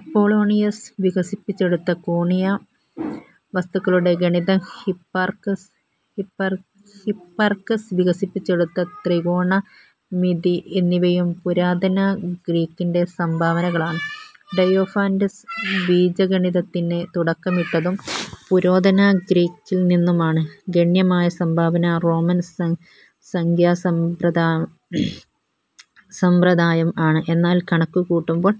Apollonius വികസിപ്പച്ചെടുത്ത കോണീയ വസ്തുക്കളുടെ ഗണിതം, ഹിപ്പാർക്കസ് വികസിപ്പിച്ചെടുത്ത ത്രികോണമിതി എന്നിവയും പുരാതന ഗ്രീക്കിന്റെ സംഭാവനകളാണ്. ഡയോഫാന്റസ് ബീജഗണിതത്തിന് തുടക്കമിട്ടതും പുരാതന ഗ്രീക്കിൽ നിന്നുമാണ് ഗണ്യമായ സംഭാവന റോമൻ സംഖ്യാസമ്പ്രദായം ആണ്. എന്നാൽ കണക്കുകൂട്ടുമ്പോൾ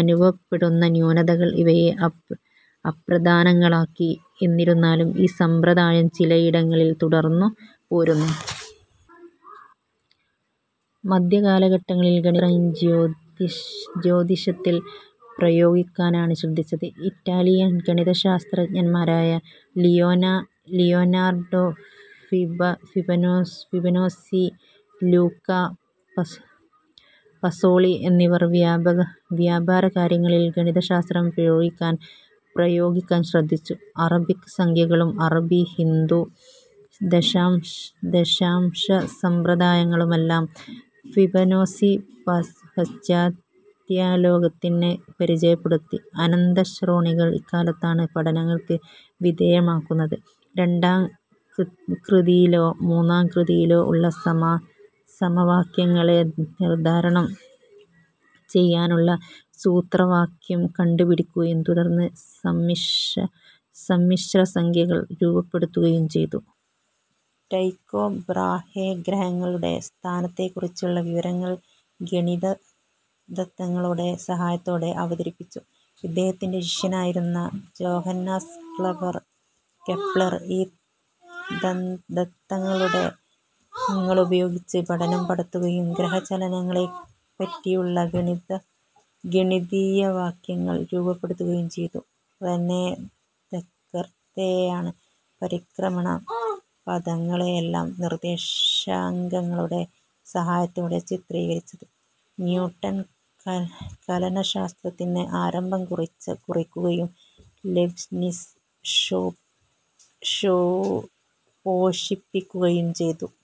അനുഭവപ്പെടുന്ന ന്യൂനതകൾ ഇവയെ അപ്രധാനങ്ങളാക്കി. എന്നിരുന്നാലും, ഈ സമ്പ്രദായം ചിലയിടങ്ങിൽ തുടർന്നുപോരുന്നു. മദ്ധ്യകാലഘട്ടങ്ങളിൽ ഗണിതശാസ്ത്രം ജ്യോതിഷത്തിൽ പ്രയോഗിയ്ക്കാനാണ് ശ്രദ്ധിച്ചത്. ഇറ്റാലിയൻ ഗണിതശാസ്ത്രജ്ഞന്മാരായ ലിയോനാർഡോ ഫിബനോസി, ലൂക പസോളി എന്നിവർ വ്യാപാരകാര്യങ്ങളിൽ ഗണിതശാസ്ത്രം പ്രയോഗിക്കാൻ ശ്രദ്ധിച്ചു. അറബിക് സംഖ്യകളും അറബി-ഹിന്ദു ദശാംശസമ്പ്രദായങ്ങളുമെല്ലാം ഫിബനോസി പാശ്ചാത്യലോകത്തിന് പരിചയപ്പെടുത്തി. അനന്തശ്രേണികൾ ഇക്കാലത്താണ് പഠനങ്ങൾക്ക് വിധേയമാകുന്നത്. രണ്ടാം കൃതിയിലോ മൂന്നാം കൃതിയിലോ ഉള്ള സമവാക്യങ്ങളെ നിർദ്ധാരണം ചെയ്യാനുള്ള സൂത്രവാക്യം കണ്ടുപിടിക്കുകയും തുടർന്ന് സമ്മിശ്രസംഖ്യകൾ രൂപപ്പെടുത്തുകയും ചെയ്തു. റ്റൈക്കോ ബ്രാഹെ ഗ്രഹങ്ങളുടെ സ്ഥാനത്തെക്കുറിച്ചുള്ള വിവരങ്ങൾ ഗണിതദത്തങ്ങളുടെ സഹായത്തോടെ അവതരിപ്പിച്ചു. ഇദ്ദേഹത്തിന്റെ ശിഷ്യനായിരുന്ന ജോഹന്നാസ് കെപ്ലർ ഈ ദത്തങ്ങളുപയോഗിച്ച് പഠനം നടത്തുകയും ഗ്രഹചലനങ്ങളെപ്പറ്റിയുള്ള ഗണിതീയവാക്യങ്ങൾ രൂപപ്പെടുത്തുകയും ചെയ്തു. റെനെ ദെക്കർത്തേയാണ് പരിക്രമണപഥങ്ങളെയെല്ലാം നിർദ്ദേശാങ്കങ്ങളുടെ സഹായത്തോടെ ചിത്രീകരിച്ചത്. ന്യൂട്ടൺ കലനശാസ്ത്രത്തിന് ആരംഭം കുറിയ്ക്കുകയും ലെബ്നിസ് പോഷിപ്പിയ്ക്കുകയും ചെയ്തു.